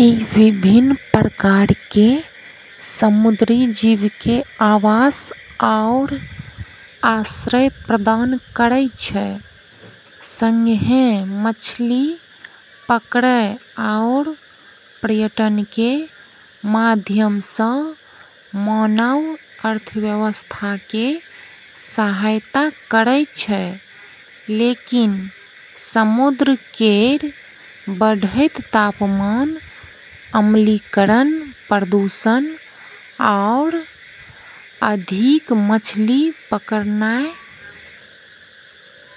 ई विभिन्न प्रकारके समुद्री जीवके आवास आओर आश्रय प्रदान करै छै, सङ्गहेँ मछली पकड़ै आओर पर्यटनके माध्यमसँ मानव अर्थव्यवस्थाके सहायता करै छै। लेकिन, समुद्र केर बढ़ैत तापमान, अम्लीकरण, प्रदूषण, आओर अधिक मछली पकड़नाइ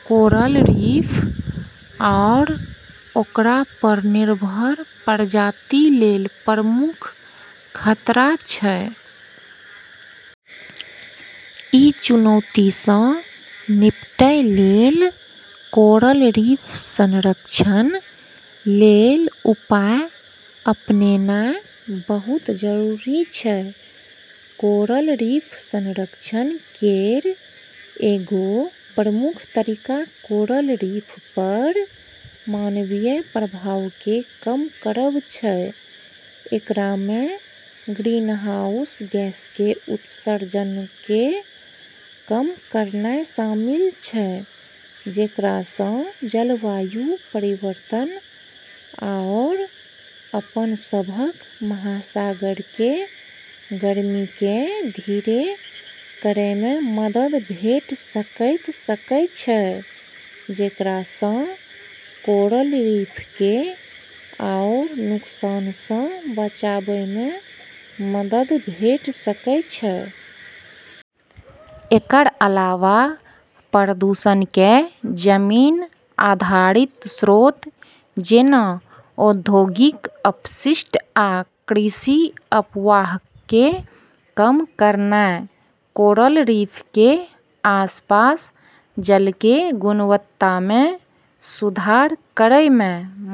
कोरल रीफ आओर ओकरा पर निर्भर प्रजाति लेल प्रमुख खतरा छै। ई चुनौतिसँ निपटै लेल कोरल रीफ संरक्षण लेल उपाय अपनेनाइ बहुत जरूरी छै। कोरल रीफ संरक्षण केर एगो प्रमुख तरीका कोरल रीफ पर मानवीय प्रभावके कम करब छै। एकरामे ग्रीनहाउस गैसके उत्सर्जनके कम करनाइ शामिल छै, जेकरासँ जलवायु परिवर्तन आओर अपनसभक महासागरके गर्मीके धीरे करैमे मदद भेट सकैत सकै छै, जेकरासँ कोरल रीफके आओर नुकसानसँ बचाबैमे मदद भेट सकै छै। एकर अलावा, प्रदूषणके जमीन आधारित स्रोत, जेना औद्योगिक अपशिष्ट आ कृषि अपवाहके कम करनाइ कोरल रीफके आसपास जलके गुणवत्तामे सुधार करैमे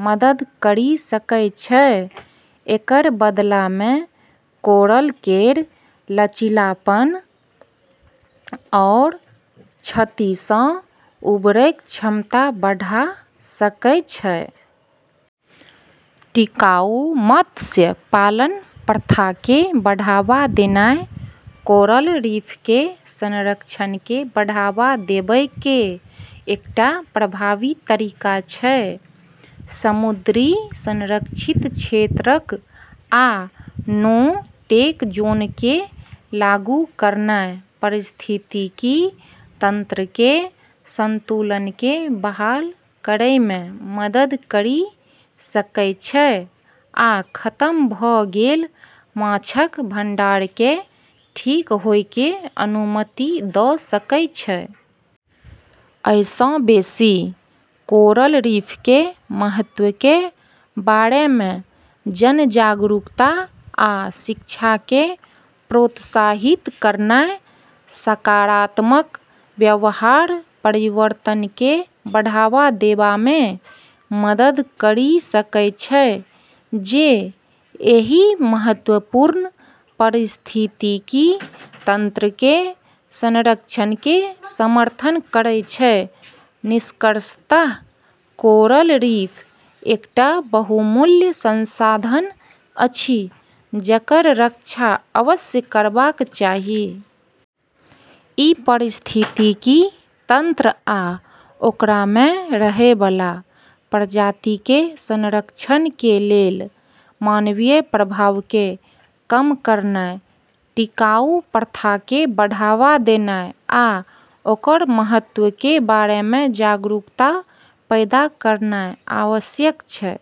मदद करि सकै छै। एकर बदलामे कोरल केर लचीलापन आओर क्षतिसँ उबरैक क्षमता बढ़ा सकै छै। टिकाऊ मत्स्य पालन प्रथाके बढ़ावा देनाइ कोरल रीफके संरक्षणके बढ़ावा देबैके एकटा प्रभावी तरीका छै। समुद्री संरक्षित क्षेत्रक आ नो-टेक जोनके लागू करनाइ पारिस्थितिकी तंत्रके संतुलनके बहाल करैमे मदद करि सकै छै आ खतम भ' गेल माछक भंडारके ठीक होइके अनुमति द' सकै छै। अइसँ बेशी, कोरल रीफके महत्वके बारेमे जन जागरूकता आ शिक्षाके प्रोत्साहित करनाइ सकारात्मक व्यवहार परिवर्तनके बढ़ावा देबामे मदद करि सकै छै जे एहि महत्वपूर्ण पारिस्थितिकी तंत्रके संरक्षणके समर्थन करै छै। निष्कर्षतः कोरल रीफ एकटा बहुमूल्य संसाधन अछि जकर रक्षा अवश्य करबाक चाही। ई पारिस्थितिकी तंत्र आ ओकरामे रहैबला प्रजातिके संरक्षणके लेल मानवीय प्रभावके कम करनाइ, टिकाऊ प्रथाके बढ़ावा देनाइ आ ओकर महत्वके बारेमे जागरूकता पैदा करनाइ आवश्यक छै।